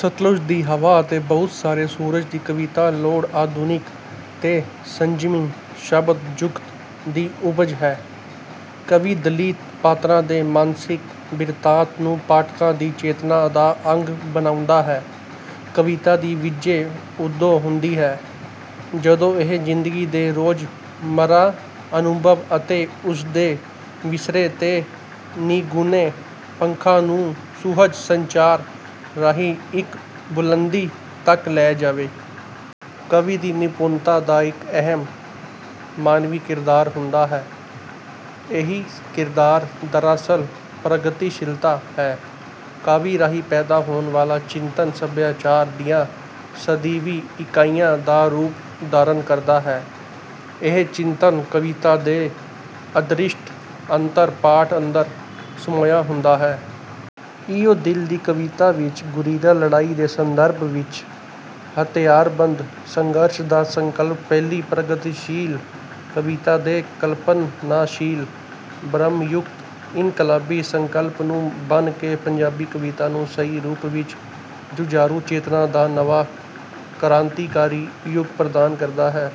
‘ਸਤਲੁੱਜ ਦੀ ਹਵਾ’ ਅਤੇ ‘ਬਹੁਤ ਸਾਰੇ ਸੂਰਜ’ ਦੀ ਕਵਿਤਾ ਲੋੜ, ਆਧੁਨਿਕ ਤੇ ਸੰਜਮੀ ਸ਼ਬਦ-ਜੁਗਤ ਦੀ ਉਪਜ ਹੈ। ਕਵੀ ਦਲਿਤ ਪਾਤਰਾਂ ਦੇ ਮਾਨਸਿਕ ਬਿਰਤਾਂਤ ਨੂੰ ਪਾਠਕਾਂ ਦੀ ਚੇਤਨਾ ਦਾ ਅੰਗ ਬਣਾਉਂਦਾ ਹੈ। ਕਵਿਤਾ ਦੀ ਵਿਜੈ ਉਦੋਂ ਹੁੰਦੀ ਹੈ, ਜਦੋਂ ਇਹ ਜ਼ਿੰਦਗੀ ਦੇ ਰੋਜ਼-ਮਰਾ ਅਨੁਭਵ ਅਤੇ ਉਸ ਦੇ ਵਿਸਰੇ ਤੇ ਨਿਗੂਣੇ ਪੱਖਾਂ ਨੂੰ ਸੁਹਜ ਸੰਚਾਰ ਰਾਹੀਂ ਇੱਕ ਬੁਲੰਦੀ ਤੱਕ ਲੈ ਜਾਵੇ। ਕਵੀ ਦੀ ਨਿਪੁੰਨਤਾ ਦਾ ਇੱਕ ਅਹਿਮ ਮਾਨਵੀ ਕਿਰਦਾਰ ਹੁੰਦਾ ਹੈ। ਇਹੀ ਕਿਰਦਾਰ, ਦਰਅਸਲ, ਪ੍ਰਗਤੀਸ਼ੀਲਤਾ ਹੈ। ਕਾਵਿ ਰਾਹੀਂ ਪੈਦਾ ਹੋਣ ਵਾਲਾ ਚਿੰਤਨ ਸਭਿਆਚਾਰ ਦੀਆਂ ਸਦੀਵੀ ਇਕਾਈਆਂ ਦਾ ਰੂਪ ਧਾਰਣ ਕਰਦਾ ਹੈ। ਇਹ ਚਿੰਤਨ ਕਵਿਤਾ ਦੇ ਅਦ੍ਰਿਸ਼ਟ ਅੰਤਰ-ਪਾਠ ਅੰਦਰ ਸਮੋਇਆ ਹੁੰਦਾ ਹੈ। ‘ਇਉਂ ਦਿਲ ਦੀ ਕਵਿਤਾ’ ਵਿੱਚ ਗੁਰੀਲਾ ਲੜਾਈ ਦੇ ਸੰਦਰਭ ਵਿੱਚ ਹਥਿਆਰਬੰਦ ਸੰਘਰਸ਼ ਦਾ ਸੰਕਲਪ ਪਹਿਲੀ ਪ੍ਰਗਤੀਸ਼ੀਲ ਕਵਿਤਾ ਦੇ ਕਲਪਨਾਸ਼ੀਲ, ਭਰਮ-ਯੁਕਤ ਇਨਕਲਾਬੀ ਸੰਕਲਪ ਨੂੰ ਭੰਨ ਕੇ ਪੰਜਾਬੀ ਕਵਿਤਾ ਨੂੰ ਸਹੀ ਰੂਪ ਵਿੱਚ ਜੁਝਾਰੂ ਚੇਤਨਾ ਦਾ ਨਵਾਂ ਕ੍ਰਾਂਤੀਕਾਰੀ ਯੁੱਗ ਪ੍ਰਦਾਨ ਕਰਦਾ ਹੈ।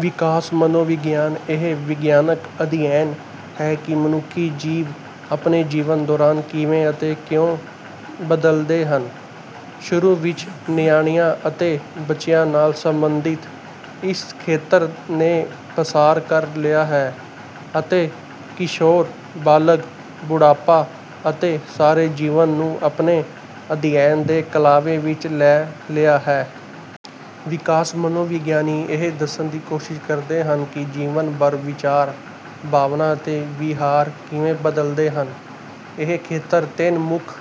ਵਿਕਾਸ ਮਨੋਵਿਗਿਆਨ ਇਹ ਵਿਗਿਆਨਕ ਅਧਿਐਨ ਹੈ ਕਿ ਮਨੁੱਖੀ ਜੀਵ ਆਪਣੇ ਜੀਵਨ ਦੌਰਾਨ ਕਿਵੇਂ ਅਤੇ ਕਿਉਂ ਬਦਲਦੇ ਹਨ। ਸ਼ੁਰੂ ਵਿੱਚ ਨਿਆਣਿਆਂ ਅਤੇ ਬੱਚਿਆਂ ਨਾਲ ਸੰਬੰਧਿਤ ਇਸ ਖੇਤਰ ਨੇ ਪਸਾਰ ਕਰ ਲਿਆ ਹੈ ਅਤੇ ਕਿਸ਼ੋਰ, ਬਾਲਗ, ਬੁਢਾਪਾ ਅਤੇ ਸਾਰੇ ਜੀਵਨ ਨੂੰ ਆਪਣੇ ਅਧਿਐਨ ਦੇ ਕਲਾਵੇ ਵਿੱਚ ਲੈ ਲਿਆ ਹੈ। ਵਿਕਾਸ ਮਨੋਵਿਗਿਆਨੀ ਇਹ ਦੱਸਣ ਦੀ ਕੋਸ਼ਿਸ਼ ਕਰਦੇ ਹਨ ਕਿ ਜੀਵਨ ਭਰ ਵਿਚਾਰ, ਭਾਵਨਾ ਅਤੇ ਵਿਹਾਰ ਕਿਵੇਂ ਬਦਲਦੇ ਹਨ। ਇਹ ਖੇਤਰ ਤਿੰਨ ਮੁੱਖ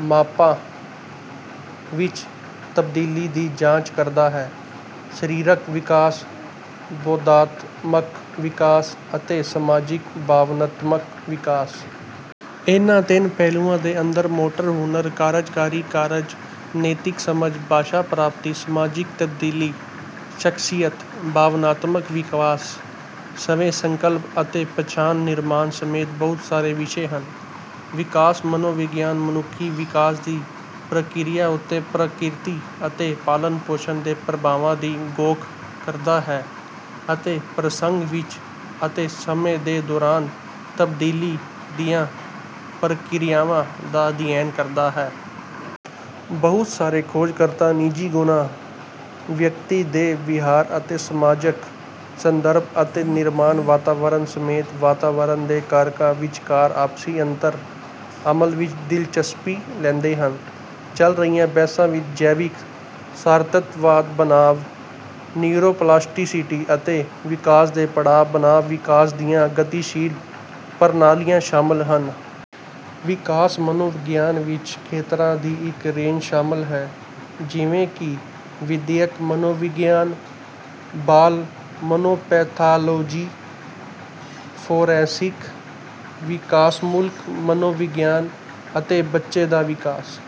ਮਾਪਾਂ ਵਿੱਚ ਤਬਦੀਲੀ ਦੀ ਜਾਂਚ ਕਰਦਾ ਹੈ: ਸਰੀਰਕ ਵਿਕਾਸ, ਬੋਧਾਤਮਕ ਵਿਕਾਸ ਅਤੇ ਸਮਾਜਿਕ-ਭਾਵਨਾਤਮਕ ਵਿਕਾਸ। ਇਹਨਾਂ ਤਿੰਨ ਪਹਿਲੂਆਂ ਦੇ ਅੰਦਰ ਮੋਟਰ ਹੁਨਰ, ਕਾਰਜਕਾਰੀ ਕਾਰਜ, ਨੈਤਿਕ ਸਮਝ, ਭਾਸ਼ਾ ਪ੍ਰਾਪਤੀ, ਸਮਾਜਿਕ ਤਬਦੀਲੀ, ਸ਼ਖ਼ਸੀਅਤ, ਭਾਵਨਾਤਮਕ ਵਿਕਾਸ, ਸਵੈ-ਸੰਕਲਪ ਅਤੇ ਪਛਾਣ-ਨਿਰਮਾਣ ਸਮੇਤ ਬਹੁਤ ਸਾਰੇ ਵਿਸ਼ੇ ਹਨ। ਵਿਕਾਸ ਮਨੋਵਿਗਿਆਨ ਮਨੁੱਖੀ ਵਿਕਾਸ ਦੀ ਪ੍ਰਕਿਰਿਆ ਉੱਤੇ ਪ੍ਰਕਿਰਤੀ ਅਤੇ ਪਾਲਣ-ਪੋਸ਼ਣ ਦੇ ਪ੍ਰਭਾਵਾਂ ਦੀ ਘੋਖ ਕਰਦਾ ਹੈ ਅਤੇ ਪ੍ਰਸੰਗ ਵਿੱਚ ਅਤੇ ਸਮੇਂ ਦੇ ਦੌਰਾਨ ਤਬਦੀਲੀ ਦੀਆਂ ਪ੍ਰਕਿਰਿਆਵਾਂ ਦਾ ਅਧਿਐਨ ਕਰਦਾ ਹੈ। ਬਹੁਤ ਸਾਰੇ ਖੋਜਕਰਤਾ ਨਿੱਜੀ ਗੁਣਾਂ, ਵਿਅਕਤੀ ਦੇ ਵਿਹਾਰ ਅਤੇ ਸਮਾਜਕ ਸੰਦਰਭ ਅਤੇ ਨਿਰਮਾਣ-ਵਾਤਾਵਰਨ ਸਮੇਤ ਵਾਤਾਵਰਣ ਦੇ ਕਾਰਕਾਂ ਵਿਚਕਾਰ ਆਪਸੀ ਅੰਤਰ-ਅਮਲ ਵਿੱਚ ਦਿਲਚਸਪੀ ਲੈਂਦੇ ਹਨ। ਚੱਲ ਰਹੀਆਂ ਬਹਿਸਾਂ ਵਿੱਚ ਜੈਵਿਕ ਸਾਰਤੱਤਵਾਦ ਬਨਾਮ ਨਿਊਰੋਪਲਾਸਟੀਸਿਟੀ ਅਤੇ ਵਿਕਾਸ ਦੇ ਪੜਾਅ ਬਨਾਮ ਵਿਕਾਸ ਦੀਆਂ ਗਤੀਸ਼ੀਲ ਪ੍ਰਣਾਲੀਆਂ ਸ਼ਾਮਲ ਹਨ। ਵਿਕਾਸ ਮਨੋਵਿਗਿਆਨ ਵਿੱਚ ਖੇਤਰਾਂ ਦੀ ਇੱਕ ਰੇਂਜ ਸ਼ਾਮਲ ਹੈ, ਜਿਵੇਂ ਕਿ ਵਿਦਿਅਕ ਮਨੋਵਿਗਿਆਨ, ਬਾਲ ਮਨੋਪੈਥਾਲੌਜੀ, ਫੋਰੈਂਸਿਕ ਵਿਕਾਸਮੂਲਕ ਮਨੋਵਿਗਿਆਨ ਅਤੇ ਬੱਚੇ ਦਾ ਵਿਕਾਸ।